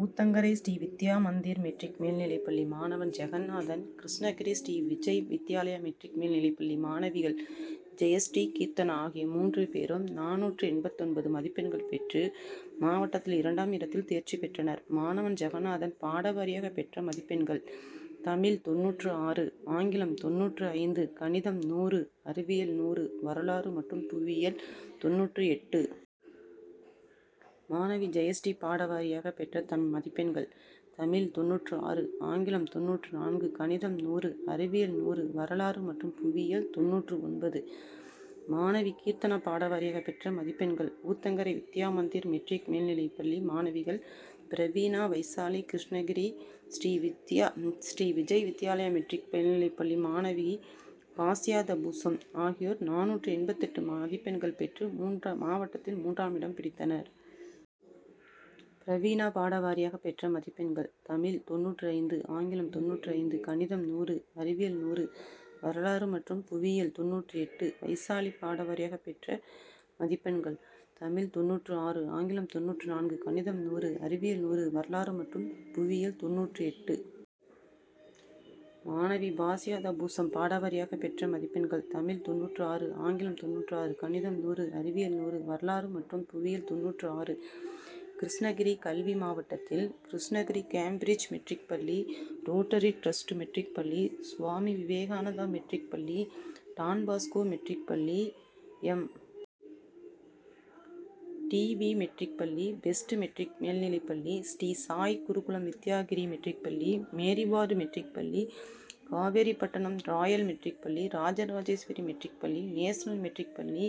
Uthangarai Sri Vidya Mandir matric மேல்நிலைப்பள்ளி மாணவன் Jeganathan, Krishnagiri Sri Vijay Vidyalaya matric மேல்நிலைப்பள்ளி மாணவிகள் ஜெயஸ்ரீ, கீர்த்தனா ஆகிய மூன்று பேரும் நானூற்று எண்பத்தொன்பது மதிப்பெண்கள் பெற்று மாவட்டத்தில் இரண்டாம் இடத்தில் தேர்ச்சி பெற்றனர். மாணவன் ஜகநாதன் பாடவாரியாக பெற்ற மதிப்பெண்கள்: தமிழ் தொண்ணூற்று ஆறு, ஆங்கிலம் தொண்ணூற்று ஐந்து, கணிதம் நூறு, அறிவியல் நூறு, வரலாறு மற்றும் புவியியல் தொண்ணூற்று எட்டு. மாணவி ஜெயஸ்ரீ பாடவாரியாக பெற்ற மதிப்பெண்கள்: தமிழ் தொண்ணூற்று ஆறு, ஆங்கிலம் தொண்ணூற்று நான்கு, கணிதம் நூறு, அறிவியல் நூறு, வரலாறு மற்றும் புவியியல் தொண்ணூற்று ஒன்பது. மாணவி கீர்த்தனா பாடவாரியாக பெற்ற மதிப்பெண்கள். ஊத்தங்கரை வித்யா மந்திர் மெட்ரிக் மேல்நிலைப்பள்ளி மாணவிகள் பிரவீனா, வைஷாலி, கிருஷ்ணகிரி ஸ்ரீ ஸ்ரீ விஜய் வித்யாலயா மெட்ரிக் மேல்நிலைப்பள்ளி மாணவி பாசியா தபூசம் ஆகியோர் நானூற்று எண்பத்தெட்டு மதிப்பெண்கள் பெற்று மாவட்டத்தில் மூன்றாம் இடம் பிடித்தனர். பிரவீனா பாடவாரியாக பெற்ற மதிப்பெண்கள்: தமிழ் தொண்ணூற்று ஐந்து, ஆங்கிலம் தொண்ணூற்று ஐந்து, கணிதம் நூறு, அறிவியல் நூறு, வரலாறு மற்றும் புவியியல் தொண்ணூற்று எட்டு. வைசாலி பாடவாரியாக பெற்ற மதிப்பெண்கள்: தமிழ் தொண்ணூற்று ஆறு, ஆங்கிலம் தொண்ணூற்று நான்கு, கணிதம் நூறு, அறிவியல் நூறு, வரலாறு மற்றும் புவியியல் தொண்ணூற்று எட்டு. மாணவி பாசியா தபூசம் பாடவாரியாக பெற்ற மதிப்பெண்கள்: தமிழ் தொண்ணூற்று ஆறு, ஆங்கிலம் தொண்ணூற்று ஆறு, கணிதம் நூறு, அறிவியல் நூறு, வரலாறு மற்றும் புவியியல் தொண்ணூற்று ஆறு. கிருஷ்ணகிரி கல்வி மாவட்டத்தில் கிருஷ்ணகிரி கேம்பிரிட்ஜ் மெட்ரிக் பள்ளி, ரோட்டரி டிரஸ்ட் மெட்ரிக் பள்ளி, சுவாமி விவேகானந்தா மெட்ரிக் பள்ளி, டான்பாஸ்கோ மெட்ரிக் பள்ளி, எம். டி. வி., மெட்ரிக் பள்ளி, பெஸ்ட் மெட்ரிக் மேல்நிலைப்பள்ளி, ஸ்ரீ சாய் குருகுலம் வித்யா கிரி மெட்ரிக் பள்ளி, மேரிவார்டு மெட்ரிக் பள்ளி, காவேரிப்பட்டணம் ராயல் மெட்ரிக் பள்ளி, ராஜ ராஜேஸ்வரி மெட்ரிக் பள்ளி, நேஷனல் மெட்ரிக் பள்ளி,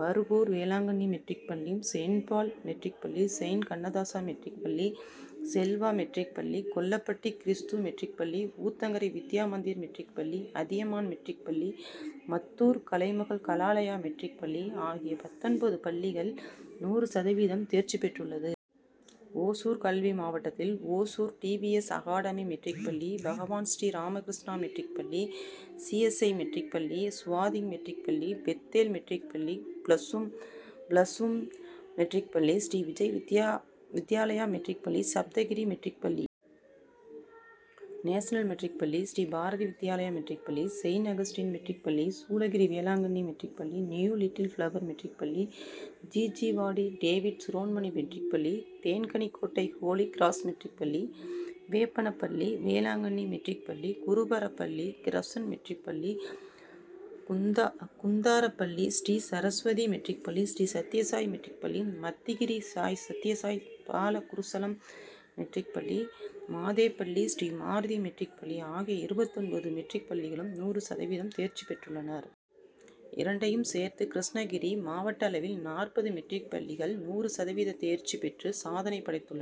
பர்கூர், வேளாங்கன்னி மெட்ரிக் பள்ளி, செயின்ட்பால் மெட்ரிக் பள்ளி, செயின்ட் கண்ணதாசா மெட்ரிக் பள்ளி, செல்வா மெட்ரிக் பள்ளி, கொல்லப்பட்டி கிறுஸ்து மெட்ரிக் பள்ளி, ஊத்தங்கரை வித்யா மந்திர் மெட்ரிக்பள்ளி, அதியமான் மெட்ரிக் பள்ளி, மத்தூர் கலைமகள் கலாலயா மெட்ரிக் பள்ளி ஆகிய பத்தொன்பது பள்ளிகள் நூறு சதவீதம் தேர்ச்சி பெற்றுள்ளது. ஓசூர் கல்வி மாவட்டத்தில் ஓசூர் டிவிஎஸ் அகாடமிமெட்ரிக் பள்ளி, பகவான் ஸ்ரீ ராமகிருஷ்ணா மெட்ரிக் பள்ளி, சி. எஸ். ஐ., மெட்ரிக் பள்ளி, சுவாதி மெட்ரிக் பள்ளி, பெத்தேல் மெட்ரிக் பள்ளி, ப்ளசூம் ப்ளசூம் மெட்ரிக் பள்ளி, ஸ்ரீ விஜய் வித்யாலயா மெட்ரிக் பள்ளி, சப்தகிரி மெட்ரிக் பள்ளி, நேஷனல் மெட்ரிக் பள்ளி, ஸ்ரீ பாரதி வித்யாலயா மெட்ரிக் பள்ளி, செயின் அகஸ்டியன் மெட்ரிக் பள்ளி, சூளகிரி வேளாங்கன்னி மெட்ரிக் பள்ளி, நியூ லிட்டில் பிளவர் மெட்ரிக் பள்ளி, ஜீஜீவாடி டேவிட் சிரோண்மணி மெட்ரிக் பள்ளி, தேன்கனிக்கோட்டை, ஹோலி கிராஸ் மெட்ரிக் பள்ளி, வேப்பனப்பள்ளி வேளாங்கன்னி மெட்ரிக் பள்ளி, குருபரப்பள்ளி கிரசன்ட் மெட்ரிக் பள்ளி, குந்தாரப்பள்ளி ஸ்ரீ சரஸ்வதி மெட்ரிக் பள்ளி, ஸ்ரீ சத்யசாய் மெட்ரிக் பள்ளி, மத்திகிரி சத்யசாய் பால குருகுலம் மெட்ரிக் பள்ளி, மாதேப்பள்ளி ஸ்ரீ மாருதி மெட்ரிக் பள்ளி ஆகிய இருபத்தொன்று மெட்ரிக் பள்ளிகளும் நூறு சதவீத தேர்ச்சி பெற்றுள்ளனர். இரண்டையும் சேர்த்து கிருஷ்ணகிரி மாவட்ட அளவில் நாற்பது மெட்ரிக் பள்ளிகள் நூறு சதவீத தேர்ச்சி பெற்று சாதனை படைத்துள்ளனர்.